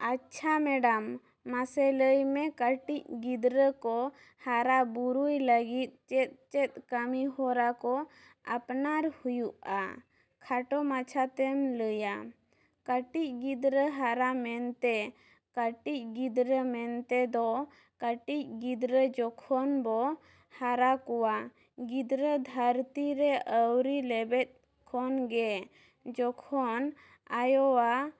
ᱟᱪᱪᱷᱟ ᱢᱮᱰᱟᱢ, ᱢᱟᱥᱮ ᱞᱟᱹᱭ ᱢᱮ ᱠᱟᱹᱴᱤᱡ ᱜᱤᱫᱽᱨᱟᱹ ᱠᱚ ᱦᱟᱨᱟ ᱵᱩᱨᱩᱭ ᱞᱟᱹᱜᱤᱫ ᱪᱮᱫᱼᱪᱮᱫ ᱠᱟᱹᱢᱤ ᱦᱚᱨᱟ ᱠᱚ ᱟᱯᱱᱟᱨ ᱦᱩᱭᱩᱜᱼᱟ? ᱠᱷᱟᱴᱚ ᱢᱟᱪᱷᱟᱛᱮᱢ ᱞᱟᱹᱭᱟ? ᱠᱟᱹᱴᱤᱡ ᱜᱤᱫᱽᱨᱟᱹ ᱦᱟᱨᱟ ᱢᱮᱱᱛᱮ, ᱠᱟᱹᱴᱤᱡ ᱜᱤᱫᱽᱨᱟᱹ ᱢᱮᱱᱛᱮᱫᱚ ᱠᱟᱹᱴᱤᱡ ᱜᱤᱫᱽᱨᱟᱹ ᱡᱚᱠᱷᱚᱱ ᱵᱚ ᱦᱟᱨᱟ ᱠᱚᱣᱟ, ᱜᱤᱫᱽᱨᱟᱹ ᱫᱷᱟᱹᱨᱛᱤ ᱨᱮ ᱟᱣᱨᱤ ᱞᱮᱵᱮᱫ ᱠᱷᱚᱱ ᱜᱮ ᱡᱮᱠᱷᱚᱱ ᱟᱭᱚᱣᱟᱼᱜ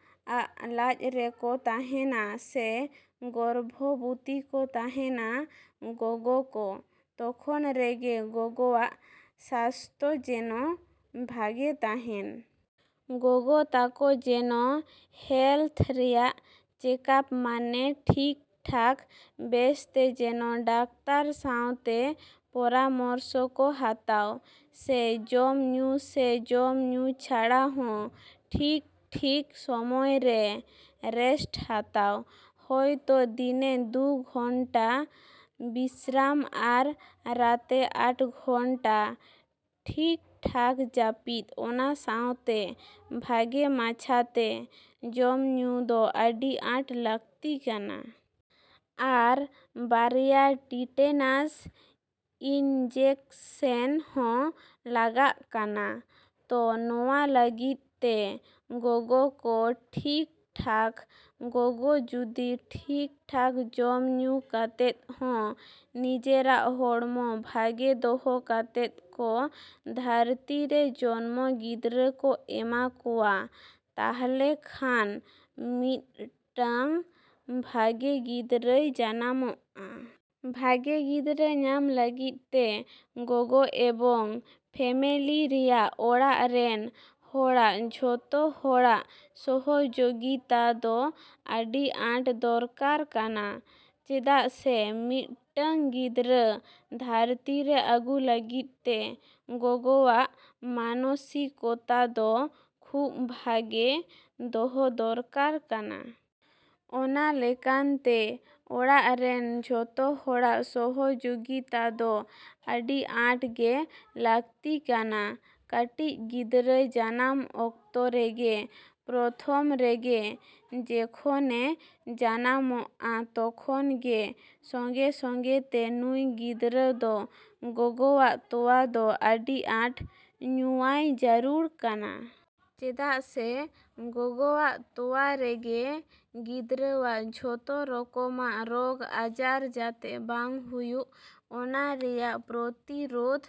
ᱞᱟᱡ ᱨᱮᱠᱚ ᱛᱟᱦᱮᱱᱟ ᱥᱮ ᱜᱚᱨᱵᱷᱚᱵᱚᱛᱤ ᱠᱚ ᱛᱟᱦᱮᱱᱟ ᱜᱚᱜᱚ ᱠᱚ, ᱛᱚᱠᱷᱚᱱ ᱨᱮᱜᱮ ᱜᱚᱜᱚᱣᱟᱜ ᱥᱟᱥᱛᱚ ᱡᱮᱱᱚ ᱵᱷᱟᱜᱮ ᱛᱟᱦᱮᱱ᱾ ᱜᱚᱜᱚ ᱛᱟᱠᱚ ᱡᱮᱱᱚ ᱦᱮᱞᱛᱷ ᱨᱮᱭᱟᱜ ᱪᱮᱠᱟᱯ ᱢᱟᱱᱮ ᱴᱷᱤᱠ ᱴᱷᱟᱠ ᱵᱮᱥᱛᱮ ᱡᱮᱱᱚ ᱰᱟᱠᱛᱟᱨ ᱥᱟᱶᱛᱮ ᱯᱚᱨᱟᱢᱚᱨᱥᱚ ᱠᱚ ᱦᱟᱛᱟᱣ, ᱥᱮ ᱡᱚᱢ ᱧᱩ ᱥᱮ ᱡᱚᱢ ᱧᱩ ᱪᱷᱟᱲᱟ ᱦᱚᱸ ᱴᱷᱤᱠ ᱴᱷᱤᱠ ᱥᱚᱢᱚᱭ ᱨᱮ ᱨᱮᱥᱴ ᱦᱟᱛᱟᱣ, ᱦᱚᱭᱛᱚ ᱫᱤᱱᱮ ᱫᱩ ᱜᱷᱚᱱᱴᱟ ᱵᱤᱥᱨᱟᱢ ᱟᱨ ᱨᱟᱛᱮ ᱟᱴ ᱜᱷᱚᱱᱴᱟ ᱴᱷᱤᱠ ᱴᱷᱟᱠ ᱡᱟᱹᱯᱤᱫ, ᱚᱱᱟ ᱥᱟᱶᱛᱮ ᱵᱷᱟᱜᱮ ᱢᱟᱪᱷᱟᱛᱮ ᱡᱚᱢ ᱧᱩ ᱫᱚ ᱟᱹᱰᱤ ᱟᱸᱴ ᱞᱟᱠᱛᱤ ᱠᱟᱱᱟ᱾ ᱟᱨ ᱵᱟᱨᱭᱟ ᱴᱤᱴᱮᱱᱟᱥ ᱤᱱᱡᱮᱠᱥᱮᱱ ᱦᱚᱸ ᱞᱟᱜᱟᱜ ᱠᱟᱱᱟ᱾ ᱛᱚ ᱱᱚᱣᱟ ᱞᱟᱹᱜᱤᱫ ᱛᱮ ᱜᱚᱜᱚ ᱠᱚ ᱴᱷᱤᱠ ᱴᱷᱟᱠ, ᱜᱚᱜᱚ ᱡᱩᱫᱤ ᱴᱷᱤᱠ ᱴᱷᱟᱠ ᱡᱚᱢ ᱧᱩ ᱠᱟᱛᱮᱫ ᱦᱚᱸ ᱱᱤᱡᱮᱨᱟᱜ ᱦᱚᱲᱢᱚ ᱵᱷᱟᱜᱮ ᱫᱚᱦᱚ ᱠᱟᱛᱮᱫ ᱠᱚ ᱫᱷᱟᱹᱨᱛᱤ ᱨᱮ ᱡᱚᱱᱢᱚ ᱜᱤᱫᱽᱨᱟᱹ ᱠᱚ ᱮᱢᱟ ᱠᱚᱣᱟ, ᱛᱟᱦᱞᱮ ᱠᱷᱟᱱ ᱢᱤᱫᱴᱟᱹᱝ ᱵᱷᱟᱜᱮ ᱜᱤᱫᱽᱨᱟᱹᱭ ᱡᱟᱱᱟᱢᱚᱜᱼᱟ᱾ ᱵᱷᱟᱜᱮ ᱜᱤᱫᱽᱨᱟᱹ ᱧᱟᱢ ᱞᱟᱹᱜᱤᱫ ᱛᱮ ᱜᱚᱜᱚ ᱮᱵᱚᱝ ᱯᱷᱮᱢᱮᱞᱤ ᱨᱮᱭᱟᱜ ᱚᱲᱟᱜ ᱨᱮᱱ ᱦᱚᱲᱟᱜ ᱡᱷᱚᱛᱚ ᱦᱚᱲᱟᱜ ᱥᱚᱦᱚᱡᱚᱜᱤᱛᱟ ᱫᱚ ᱟᱹᱰᱤ ᱟᱸᱴ ᱫᱚᱨᱠᱟᱨ ᱠᱟᱱᱟ᱾ ᱪᱮᱫᱟᱜ ᱥᱮ ᱢᱤᱫᱴᱟᱹᱝ ᱜᱤᱫᱽᱨᱟᱹ ᱫᱷᱟᱹᱨᱛᱤ ᱨᱮ ᱟᱹᱜᱩ ᱞᱟᱹᱜᱤᱫ ᱛᱮ ᱜᱚᱜᱚᱣᱟᱜ ᱢᱟᱱᱚᱥᱤᱠᱚᱛᱟ ᱫᱚ ᱠᱷᱩᱵᱽ ᱵᱷᱟᱜᱮ ᱫᱚᱦᱚ ᱫᱚᱨᱠᱟᱨ ᱠᱟᱱᱟ᱾ ᱚᱱᱟ ᱞᱮᱠᱟᱱ ᱛᱮ ᱚᱲᱟᱜ ᱨᱮᱱ ᱡᱷᱚᱛᱚ ᱦᱚᱲᱟᱜ ᱥᱚᱦᱚᱡᱚᱜᱤᱛᱟ ᱫᱚ ᱟᱹᱰᱤ ᱟᱸᱴ ᱜᱮ ᱞᱟᱠᱛᱤ ᱠᱟᱱᱟ᱾ ᱠᱟᱹᱴᱤᱡ ᱜᱤᱫᱽᱨᱟᱹ ᱡᱟᱱᱟᱢ ᱚᱠᱛᱚ ᱨᱮᱜᱮ ᱯᱨᱚᱛᱷᱚᱢ ᱨᱮᱜᱮ ᱡᱮᱠᱷᱚᱱᱮ ᱡᱟᱱᱟᱢᱚᱜᱼᱟ, ᱛᱚᱠᱷᱚᱱ ᱜᱮ ᱥᱚᱸᱜᱮᱼᱥᱚᱸᱜᱮ ᱛᱮ ᱱᱩᱭ ᱜᱤᱫᱽᱨᱟᱹ ᱫᱚ ᱜᱚᱜᱚᱣᱟᱜ ᱛᱚᱣᱟ ᱫᱚ ᱟᱹᱰᱤ ᱟᱸᱴ ᱧᱩᱣᱟᱭ ᱡᱟᱹᱨᱩᱲ ᱠᱟᱱᱟ᱾ ᱪᱮᱫᱟᱜ ᱥᱮ ᱜᱚᱜᱚᱣᱟᱜ ᱛᱚᱣᱟ ᱨᱮᱜᱮ ᱜᱤᱫᱽᱨᱟᱹᱣᱟᱜ ᱡᱷᱚᱛᱚ ᱨᱚᱠᱚᱢᱟᱜ ᱨᱚᱜᱽ ᱟᱡᱟᱨ ᱡᱟᱛᱮ ᱵᱟᱝ ᱦᱩᱭᱩᱜ, ᱚᱱᱟ ᱨᱮᱭᱟᱜ ᱯᱨᱚᱛᱤᱨᱚᱫᱷ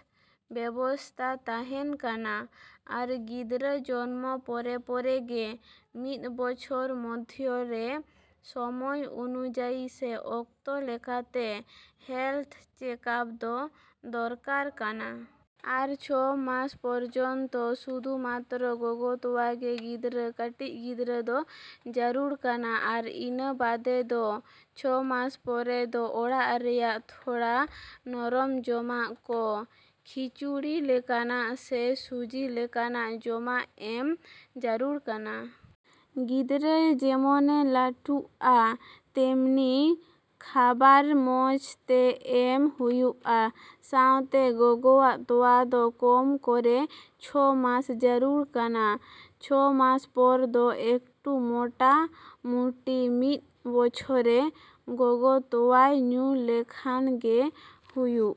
ᱵᱮᱵᱚᱥᱛᱷᱟ ᱛᱟᱦᱮᱱ ᱠᱟᱱᱟ ᱟᱨ ᱜᱤᱫᱽᱨᱟᱹ ᱡᱚᱱᱢᱚ ᱯᱚᱨᱮᱼᱯᱚᱨᱮ ᱜᱮ ᱢᱤᱫ ᱵᱚᱪᱷᱚᱨ ᱢᱚᱫᱷᱭᱚ ᱨᱮ ᱥᱚᱢᱚᱭ ᱚᱱᱩᱡᱟᱭᱤ ᱥᱮ ᱚᱠᱛᱚ ᱞᱮᱠᱟᱛᱮ ᱦᱮᱞᱛᱷ ᱪᱮᱠᱟᱯ ᱫᱚ ᱫᱚᱨᱠᱟᱨ ᱠᱟᱱᱟ᱾ ᱟᱨ ᱪᱷᱚ ᱢᱟᱥ ᱯᱚᱨᱡᱚᱱᱛᱚ ᱥᱩᱫᱩ ᱢᱟᱛᱨᱚ ᱜᱚᱜᱚ ᱛᱚᱣᱟ ᱜᱮ ᱜᱤᱫᱽᱨᱟᱹ, ᱠᱟᱹᱴᱤᱡ ᱜᱤᱫᱽᱨᱟᱹ ᱫᱚ ᱡᱟᱹᱨᱩᱲ ᱠᱟᱱᱟ᱾ ᱟᱨ ᱤᱱᱟᱹ ᱵᱟᱫᱮ ᱫᱚ ᱪᱷᱚ ᱢᱟᱥ ᱯᱚᱨᱮ ᱫᱚ ᱚᱲᱟᱜ ᱨᱮᱭᱟᱜ ᱛᱷᱚᱲᱟ ᱱᱚᱨᱚᱢ ᱡᱚᱢᱟᱜ ᱠᱚ, ᱠᱷᱤᱪᱩᱲᱤ ᱞᱮᱠᱟᱱᱟᱜ ᱥᱮ ᱥᱩᱡᱤ ᱞᱮᱠᱟᱱᱟᱜ ᱡᱚᱢᱟᱜ ᱮᱢ ᱡᱟᱹᱨᱩᱲ ᱠᱟᱱᱟ᱾ ᱜᱤᱫᱽᱨᱟᱹ ᱡᱮᱢᱚᱱᱮ ᱞᱟᱹᱴᱩᱜᱼᱟ ᱛᱮᱢᱱᱤ ᱠᱷᱟᱵᱟᱨ ᱢᱚᱡᱽ ᱛᱮ ᱮᱢ ᱦᱩᱭᱩᱜᱼᱟ, ᱥᱟᱶᱛᱮ ᱜᱚᱜᱚᱣᱟᱜ ᱛᱚᱣᱟ ᱫᱚ ᱠᱚᱢ ᱠᱚᱨᱮ ᱪᱷᱚ ᱢᱟᱥ ᱡᱟᱹᱨᱩᱲ ᱠᱟᱱᱟ᱾ ᱪᱷᱚ ᱢᱟᱥ ᱯᱚᱨ ᱫᱚ ᱮᱠᱴᱩ ᱢᱚᱴᱟᱼᱢᱩᱴᱤ ᱢᱤᱫ ᱵᱚᱪᱷᱚᱨᱮ ᱜᱚᱜᱚ ᱛᱚᱣᱟᱭ ᱧᱩ ᱞᱮᱠᱷᱟᱱ ᱜᱮ ᱦᱩᱭᱩᱜ᱾